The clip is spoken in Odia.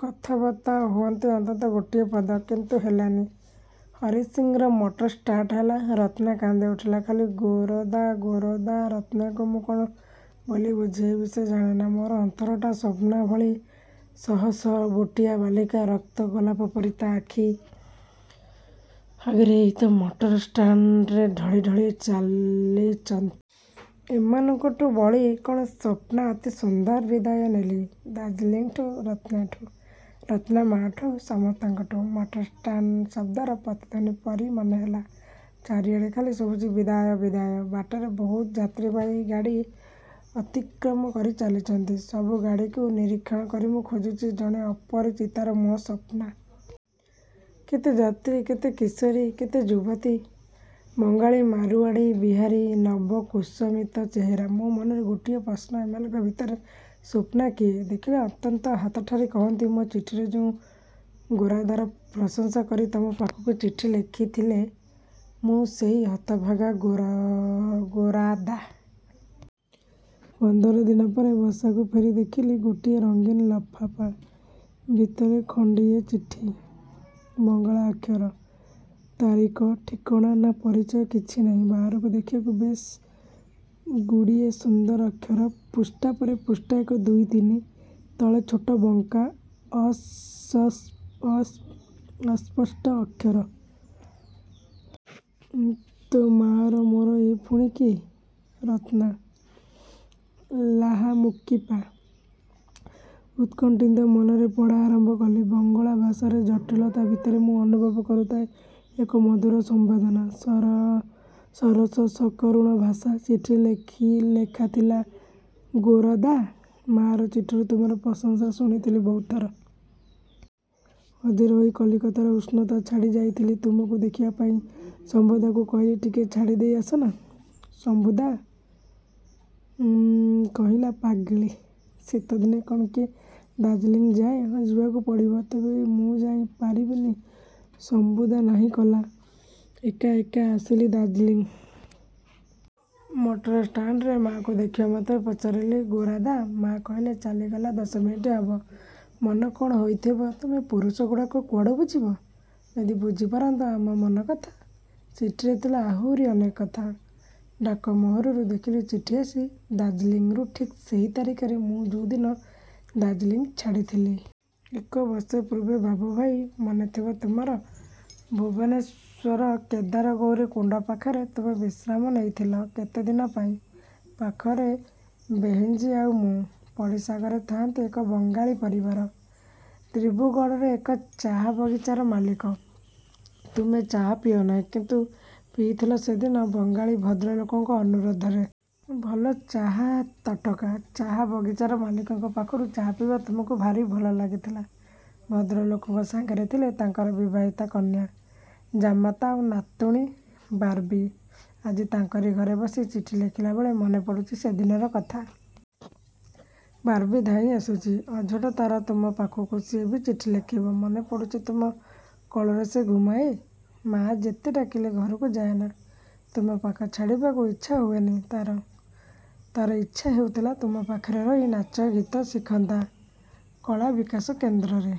କଥାବାର୍ତ୍ତା ହୁଅନ୍ତି ଅନ୍ତତଃ ଗୋଟିଏ ପଦ। କିନ୍ତୁ ହେଲାନି। ହରିସିଂର ମଟର ଷ୍ଟାର୍ଟ ଦେଲା। ରତ୍ନା କାନ୍ଦି ଉଠିଲା–ଖାଲି ଗୋରାଦା, ଗୋରାଦା। ରତ୍ନାକୁ ମୁଁ କ'ଣ ବୋଲି ବୁଝେଇବି-। ସେ ଜାଣେନା ମୋ ଅନ୍ତରଟା। ସ୍ୱପ୍ନା ଭଳି ଶହଶହ ବୁଟିଆବାଳିକା ରକ୍ତ-ଗୋଲାପପରି ତା' ଆଖି ଆଗରେ ଏଇତ ମଟର ଷ୍ଟାଣ୍ଡରେ ଢଳିଢଳି ଚାଲିଚନ୍ତି। ଏମାନଙ୍କଠୁ ବଳି କ'ଣ ସ୍ୱପ୍ନା ଅତି ସୁନ୍ଦର? ବିଦାୟ। ନେଲି ଦାର୍ଜିଲିଂଠୁ, ରତ୍ନାଠୁ, ରତ୍ନାମାଆଠୁ, ସମସ୍ତଙ୍କଠୁ। ମଟର ଷ୍ଟାଟ ଶବ୍ଦର ପ୍ରତିଧ୍ୱନି ପରି ମନେହେଲା, ଚାରିଆଡ଼େ ଖାଲି ଶୁଭୁଚି ବିଦାୟ, ବିଦାୟ– ବାଟରେ ବହୁତ ଯାତ୍ରୀବାହୀ ଗାଡ଼ି ଅତିକ୍ରମ କରି ଚାଲିଚନ୍ତି। ସବୁ ଗାଡ଼ିକୁ ନିରୀକ୍ଷଣ କରି ମୁଁ ଖୋଜୁଚି ଜଣେ ଅପରିଚିତାର ମୁହଁ–ସ୍ୱପ୍ନା। କେତେ ଯାତ୍ରୀ, କେତେ କିଶୋରୀ–କେତେ ଯୁବତୀ। ବଙ୍ଗାଳୀ, ମାରୁଆଡ଼ି, ବିହାରୀ-। ନବ କୁସମିତ ଚେହେରା। ମୋ ମନରେ ଗୋଟିଏ ପ୍ରଶ୍ନ, ଏମାନଙ୍କ ଭିତରେ ସ୍ୱପ୍ନା କିଏ? ଦେଖିଲେ ଅନ୍ତତଃ ହାତଠାରି କହନ୍ତି, ମା ଚିଠିରେ ଯେଉଁ ଗୋରାଦାର ପ୍ରଶଂସା କରି ତମ ପାଖକୁ ଚିଠି ଲେଖିଥିଲେ–ମୁଁ ସେହି ହତଭାଗା ଗୋରାଦା। ପନ୍ଦର ଦିନ ପରେ ବସାକୁ ଫେରି ଦେଖିଲି ଗୋଟିଏ ରଙ୍ଗୀନ ଲଫାଫା। ଭିତରେ ଖଣ୍ଡିଏ ଚିଠି। ବଙ୍ଗଳା ଅକ୍ଷର। ତାରିଖ, ଠିକ୍ଣା, ନା, ପରିଚୟ କିଛି ନାହିଁ। ବାହାରକୁ ଦେଖିବାକୁ ବେଶ୍ ଗୁଡ଼ିଏ ସୁନ୍ଦର ଅକ୍ଷର। ପୃଷ୍ଠା ପରେ ପୃଷ୍ଠା, ଏକ–ଦୁଇ–ତିନି। ତଳେ ଛୋଟ ବଙ୍କା ଅସସ୍ପଷ୍ଟ ଅକ୍ଷର। ''ତୋମାର '' ''ମୋର, ଏ ପୁଣି କିଏ? '' ''ରତ୍ନା? ଲାହାମୁକିପା? '' ଉତ୍କଣ୍ଠିତ ମନରେ ପଢ଼ା ଆରମ୍ଭ କଲି। ବଙ୍ଗଳା ଭାଷାର ଜଟିଳତା ଭିତରେ ମୁଁ ଅନୁଭବ କରୁଥାଏ ଏକ ମଧୁର ସମ୍ବେଦନା। ସରସ ସକରୁଣ ଭାଷା। ଚିଠିରେ ଲେଖାଥିଲା– ଗୋରାଦା! ମାଆର ଚିଠିରୁ ତୁମର ପ୍ରଶଂସା ଶୁଣିଥିଲି ବହୁଥର। ଅଧୀର ହୋଇ କଲିକତାର ଉଷ୍ଣତା ଛାଡ଼ି ଯାଇଥିଲି ତୁମକୁ ଦେଖିବା ପାଇଁ ଶମ୍ଭଦାକୁ କହିଲି–ଟିକିଏ ଛାଡ଼ି ଦେଇ ଆସନା। ଶମ୍ଭୁଦା କହିଲା–ପାଗଳି; ଶୀତଦିନେ କ'ଣ କିଏ ଦାର୍ଜିଲିଂ ଯାଏ? ''ହଁ ଯିବାକୁ ହିଁ ପଡ଼ିବ। '' ''ତେବେ ମୁଁ ଯାଇ ପାରିବିନି''–ଶମ୍ଭୁଦା ନାହିଁ କଲା। ଏକା ଏକା ଆସିଲି ଦାର୍ଜିଲିଂ। ମଟର ଷ୍ଟାଣ୍ଡରେ ମାଆକୁ ଦେଖିବା ମାତ୍ରେ ପଚାରିଲି–ଗୋରାଦା? ମାଆ କହିଲେ–''ଚାଲିଗଲା ଦଶମିନିଟ ହେବ। '' ମନ କ'ଣ ହୋଇଥିବ ତୁମେ ପୁରୁଷଗୁଡ଼ାକ କୁଆଡ଼ୁ ବୁଝିବ? ଯଦି ବୁଝିପାରନ୍ତ ଆମ ମନକଥା '' ଚିଠିରେ ଥିଲା–ଆହୁରି ଅନେକ କଥା...। ଡାକମୋହରରୁ ଦେଖିଲି ଚିଠି ଆସିଚି ଦାର୍ଜିଲିଂରୁ ଠିକ୍ ସେହି ତାରିଖରେ ମୁଁ ଯେଉଁଦିନ ଦାର୍ଜିଲିଂ ଛାଡ଼ିଥିଲି। ଏକ ବର୍ଷ ପରେ ବାବୁଭାଇ। ମନେଥିବ ତୁମର ଭୁବନେଶ୍ୱର କେଦାରଗୌରୀ କୁଣ୍ଡ ପାଖରେ ତୁମେ ବିଶ୍ରାମ ନେଇଥିଲ କେତେଦିନ ପାଇଁ। ପାଖରେ ବହେନ୍ଜୀ ଆଉ ମୁଁ। ପଡ଼ିଶା ଘରେ ଥାଆନ୍ତି ଏକ ବଙ୍ଗାଳୀ ପରିବାର–ଦିବ୍ରୁଗଡ଼ର ଏକ ଚାହା ବଗିଚାର ମାଲିକ। ତୁମେ ଚାହା ପିଅ ନାହିଁ, କିନ୍ତୁ ପିଇଥିଲ ସେଦିନ ବଙ୍ଗାଳୀ ଭଦ୍ରଲୋକଙ୍କ ଅନୁରୋଧରେ। ଭଲ ଚାହା, ତଟକା। ଚାହା ବଗିଚାର ମାଲିକଙ୍କ ପାଖରୁ ଚାହା ପିଇବା ତୁମକୁ ଭାରି ଭଲ ଲାଗିଥିଲା। ଭଦ୍ରଲୋକଙ୍କ ସାଙ୍ଗରେ ଥିଲେ ତାଙ୍କର ବିବାହିତା କନ୍ୟା, ଜାମାତା ଆଉ ନାତୁଣୀ ବାବ୍ଲି। ଆଜି ତାଙ୍କରି ଘରେ ବସି ଚିଠି ଲେଖିଲାବେଳେ ମନେ ପଡ଼ୁଚି ସେଦିନର କଥା। ବାବ୍ଲି ଧାଇଁ ଆସୁଛି, ଅଝଟ ତାର ତୁମ ପାଖକୁ ସିଏ ବି ଚିଠି ଲେଖିବ। ମନେ ପଡ଼ୁଚି ତୁମ କୋଳରେ ସେ ଘୁମାଏ, ମା' ଯେତେ ଡାକିଲେ ଘରକୁ ଯାଏନା। ତୁମ ପାଖ ଛାଡ଼ିବାକୁ ଇଚ୍ଛା ହୁଏନି ତାର। ତାର ଇଚ୍ଛା ହେଉଥିଲା, ତୁମ ପାଖରେ ରହି ନାଚ ଗୀତ ଶିଖନ୍ତା କଳାବିକାଶ କେନ୍ଦ୍ରରେ।